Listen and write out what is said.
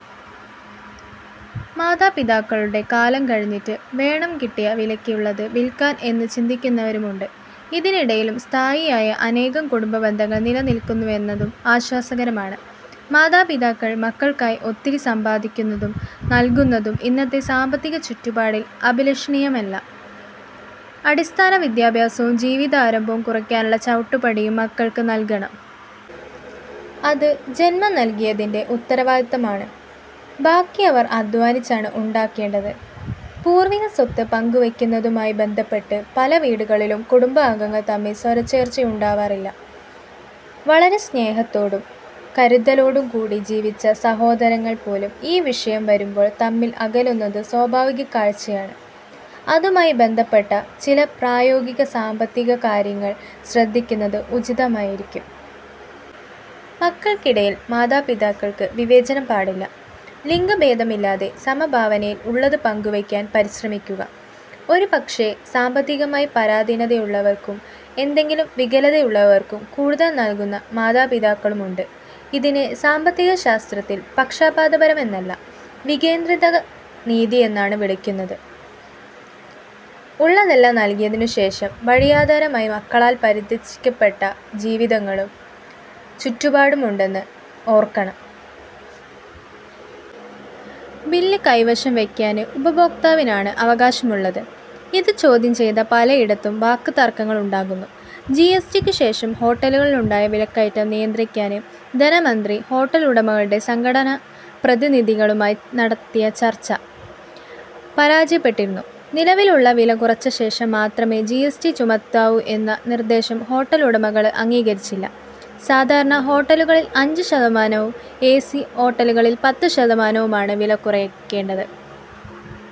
മാതാപിതാക്കളുടെ കാലം കഴിഞ്ഞിട്ട് വേണം കിട്ടിയ വിലയ്ക്ക് ഉള്ളത് വിൽക്കാൻ എന്ന് ചിന്തിക്കുന്നവരും ഉണ്ട്. ഇതിനിടയിലും സ്ഥായിയായ അനേകം കുടുംബ ബന്ധങ്ങൾ നിലനിൽക്കുന്നുവെന്നതും ആശ്വാസകരമാണ്. മാതാപിതാക്കൾ മക്കൾക്കായി ഒത്തിരി സമ്പാദിക്കുന്നതും നൽകുന്നതും ഇന്നത്തെ സാമ്പത്തിക ചുറ്റുപാടിൽ അഭിലഷണീയമല്ല. അടിസ്ഥാന വിദ്യാഭ്യാസവും ജീവിതാരംഭം കുറിക്കാനുള്ള ചവിട്ടുപടിയും മക്കൾക്ക് നൽകണം. അത് ജന്മം നൽകിയതിന്റെ ഉത്തരവാദിത്വമാണ്. ബാക്കി അവർ അദ്ധ്വാനിച്ചാണ് ഉണ്ടാക്കേണ്ടത്. പൂർവികസ്വത്ത് പങ്കുവയ്ക്കുന്നതുമായി ബന്ധപ്പെട്ട് പല വീടുകളിലും കുടുംബാംഗങ്ങൾ തമ്മിൽ സ്വരച്ചേർച്ചയുണ്ടാവാറില്ല. വളരെ സ്നേഹത്തോടും കരുതലോടും കൂടി ജീവിച്ച സഹോദരങ്ങൾ പോലും ഈ വിഷയം വരുമ്പോൾ തമ്മിൽ അകലുന്നത് സ്വാഭാവിക കാഴ്ചയാണ്. അതുമായി ബന്ധപ്പെട്ട ചില പ്രായോഗിക സാമ്പത്തിക കാര്യങ്ങൾ ശ്രദ്ധിക്കുന്നത് ഉചിതമായിരിക്കും. മക്കൾക്കിടയിൽ മാതാപിതാക്കൾക്ക് വിവേചനം പാടില്ല. ലിംഗഭേദമില്ലാതെ സമഭാവനയിൽ ഉള്ളത് പങ്കുവയ്ക്കുവാൻ പരിശ്രമിക്കുക. ഒരുപക്ഷേ സാമ്പത്തികമായി പരാധീനതയുള്ളവർക്കും എന്തെങ്കിലും വികലതയുള്ളവർക്കും കൂടുതൽ നൽകുന്ന മാതാപിതാക്കളും ഉണ്ട്. ഇതിനെ സാമ്പത്തിക ശാസ്ത്രത്തിൽ പക്ഷപാതപരമെന്നല്ല വികേന്ദ്രീകൃത നീതിയെന്നാണ് വിളിക്കുന്നത്. ഉള്ളതെല്ലാം നൽകിയതിനുശേഷം വഴിയാധാരമായി മക്കളാൽ പരിത്യജിക്കപ്പെട്ട ജീവിതങ്ങളും ചുറ്റുപാടുമുണ്ടെന്ന് ഓർക്കണം. ബില്ല് കൈവശംവെയ്ക്കാന് ഉപഭോക്താവിനാണ് അവകാശമുള്ളത്. ഇത് ചോദ്യം ചെയ്ത പലയിടത്തും വാക്ക്തര്ക്കങ്ങള് ഉണ്ടാകുന്നു. ജിഎസ്ടിക്കുശേഷം ഹോട്ടലുകളിലുണ്ടായ വിലക്കയറ്റം നിയന്ത്രിക്കാന് ധനമന്ത്രി ഹോട്ടലുടമകളുടെ സംഘടനാപ്രതിനിധികളുമായി നടത്തിയ ചര്ച്ച പരാജയപ്പെട്ടിരുന്നു. നിലവിലുള്ള വിലകുറച്ചശേഷംമാത്രമെ ജിഎസ്ടി ചുമത്താവൂയെന്ന നിര്ദേശം ഹോട്ടലുടമകള് അംഗീകരിച്ചില്ല. സാധാരണ ഹോട്ടലുകളില് അഞ്ച് ശതമാനവും എസി ഹോട്ടലുകളില് പത്ത് ശതമാനവുമാണ് വിലകുറയ്ക്കേണ്ടത്.